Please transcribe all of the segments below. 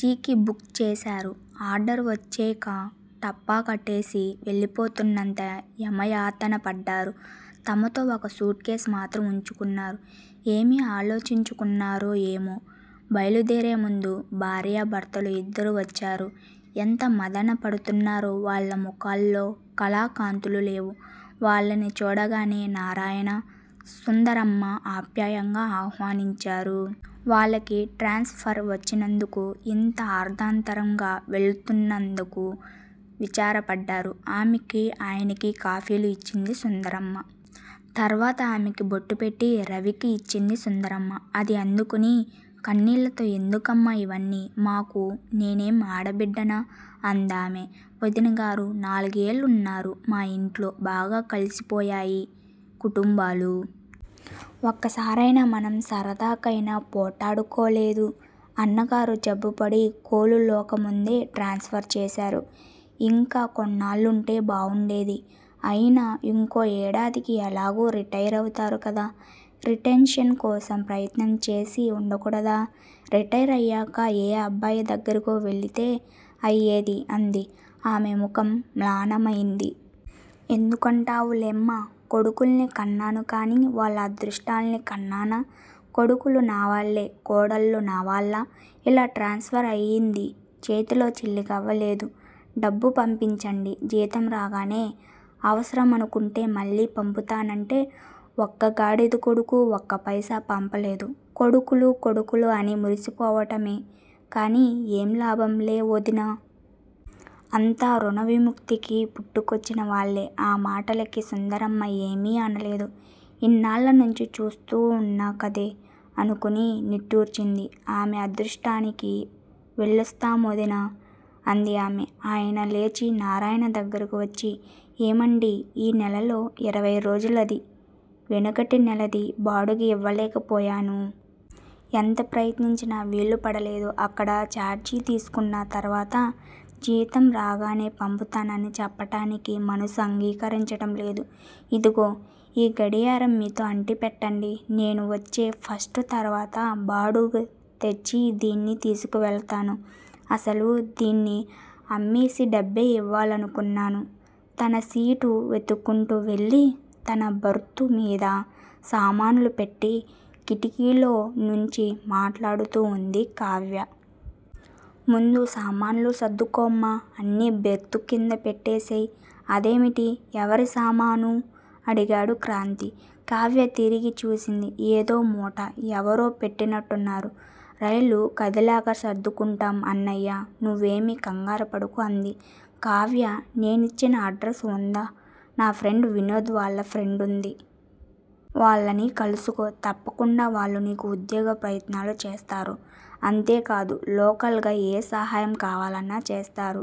G. కి book చేశారు. Order వచ్చేక టపా కట్టేసి వెళ్ళిపోతున్నంత యమయాతన పడ్డారు! తమతో ఒక సూట్ కేస్ మాత్రం వుంచుకున్నారు. ఏమి ఆలోచించుకున్నారో ఏమో బయలుదేరేముందు భార్యా భర్తలు ఇద్దరూ వచ్చారు. ఎంత మధన పడుతున్నారో వాళ్ళ ముఖాల్లో కళాకాంతులు లేవు. వాళ్ళని చూడగానే నారాయణ, సుందరమ్మా ఆప్యాయంగా ఆహ్వానించారు. వాళ్ళకి ట్రాన్స్ ఫర్ వచ్చినందుకు యింత అర్దాంతరంగా వెళ్తున్నందుకు, విచారపడ్డారు ఆమెకి ఆయనకి కాఫీలు ఇచ్చింది సుందరమ్మ. తర్వాత ఆమెకి బొట్టుపెట్టి రవిక ఇచ్చింది సుందరమ్మ అది అందుకుని కన్నీళ్ళతో ఎందుకమ్మా ఇవన్ని మాకు నేనేం ఆడబిడ్డనా? అందామె. వదినగారూ? నాలుగేళ్ళున్నారు మా ఇంట్లో! బాగా కలిసిపోయాయి కుటుంబాలు! ఒక్కసారయినా మనం సరదాకయినా పోట్టాడుకోలేదు. అన్నగారు జబ్బుపడి కోలులోకముందే ట్రాన్స్ ఫర్ చేశారు. ఇంకా కొన్నాళ్ళుంటే బావుండేది. అయినా ఇంకో ఏడాదికి ఎలాగూ రిటైరవుతారు కదా రిటెన్షన్ కోసం ప్రయత్నంచేసి వుండకూడదా? రిటైర్ అయ్యాక ఏ అబ్బాయి దగ్గరికో వెళ్ళితే అయ్యేది! అంది. ఆమె ముఖం మ్లానమైంది. ఎందుకంటావులేమ్మా? కొడుకుల్ని కన్నాను కానీ వాళ్ళ అదృష్టాల్ని కన్నానా? కొడుకులు నా వాళ్ళే కోడళ్ళు నా వాళ్ళా? ఇలా ట్రాన్స్ ఫర్ అయింది చేతిలో చిల్లిగవ్వ లేదు డబ్బు పంపించండి. జీతం రాగానే అవసరమనుకుంటే మళ్ళీ పంపుతానంటే ఒక్కగాడిద కొడుకు ఒక్కపైసా పంపలేదు! కొడుకులు కొడుకులు అనిమురిసిపోవటమే కానీ ఏం లాభం లే వొదినా! అంతా ఋణ విముక్తికి పుట్టుకొచ్చినవాళ్ళే! ఆ మాటలకి సుందరమ్మ ఏమీ అనలేదు. ఇన్నాళ్ళ నుంచీ చూస్తూవున్న కథే అనుకుని నిట్టూర్చింది ఆమె అదృష్టానికి! వెళ్ళొస్తామొదినా! అంది ఆమె. ఆయన లేచి నారాయణ దగ్గరకు వచ్చి ఏమండీ ఈ నెలలో ఇరవైరోజులదీ, వెనుకటి నెలది బాడుగ యివ్వలేక పోయాను. ఎంత ప్రయత్నించినా వీలుపడలేదు. అక్కడ చార్జీ తీసుకున్న తర్వాత జీతం రాగానే పంపుతానని చెప్పటానికి మనసు అంగీకరించటం లేదు. ఇదిగో ఈ గడియారం మీతో అట్టిపెట్టండి. నేను వచ్చే ఫస్టు తర్వాత బాడుగతెచ్చి దీన్ని తీసుకవెళతాను. అసలు దీన్ని అమ్మేసి డబ్బే ఇవ్వాలనుకున్నాను. తన సీటు వెతుక్కుంటూ వెళ్ళి, తన 'బర్తు' మీద సామాన్లుపెట్టి, కిటికీలో నుంచి మాట్లాడుతూ వుంది కావ్య! ముందు సామాన్లు సర్దుకోమ్మా. అన్నీ బెర్తుకింద పెట్టేసేయ్! అదేమిటీ? ఎవరి సామానూ? అడిగాడు క్రాంతి. కావ్య తిరిగి చూసింది ఏదో మూట! ఎవరో పెట్టినట్టున్నారు. రైలు కదిలాక సర్దుకుంటాం అన్నయ్యా! నువ్వేమీ కంగారుపడకు అంది. కావ్యా! నేనిచ్చిన అడ్రసు వుందా? నా ఫ్రెండ్ వినోద్ వాళ్ళ ఫ్రెండుది! వాళ్ళని కలుసుకో! తప్పకుండా వాళ్ళు నీకు ఉద్యోగ ప్రయత్నాలు చేస్తారు. అంతేకాదు లోకల్ గా ఏ సహాయం కావాలన్నా చేస్తారు.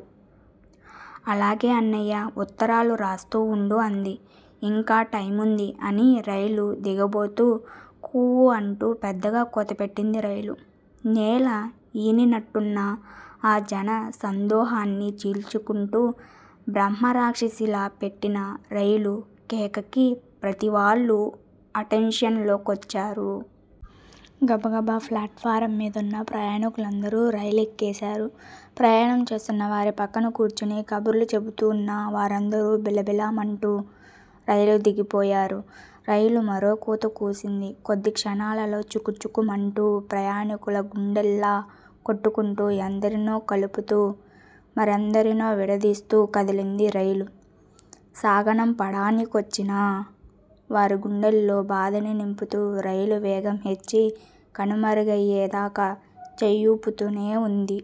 అలాగే అన్నయ్యా! ఉత్తరాలు రాస్తూ వుండు అంది. ఇంకా టైముందీ అని రైలు దిగబోతూ. కూ అంటూ, పెద్దగా కూతపెట్టింది రైలు. నేల ఈనినట్టున్న, ఆ జన సందోహాన్ని చీల్చుకుంటు బ్రహ్మ రాక్షసిలా పెట్టిన రైలు కేకకి, ప్రతివాళ్లూ 'అటెంషన్' లో కొచ్చారు. గబగబా ప్లాట్ ఫారంమీదున్న ప్రయాణీకులందరూ రైలేక్కేశారు. ప్రయాణం చేస్తున్నవారి పక్కన కూర్చుని కబుర్లు చెబుతూన్న వారందరూ బిలబిల మంటూ రైలు దిగిపోయారు. రైలు మరో కూత కూసింది. కొద్ది క్షణాలలో చుకు చుకు చుకు మంటూ, ప్రయాణీకుల గుండెల్లా కొట్టుకుంటూ, ఎందరినో కలుపుతూ, మరెందరినో విడదీస్తూ కదిలింది రైలు, సాగనంపడానికొచ్చిన వారి గుండెల్లో బాధని నింపుతూ. రైలు వేగం హెచ్చి, కనుమరుగయ్యేదాకా, చెయ్యూపుతూనే వుంది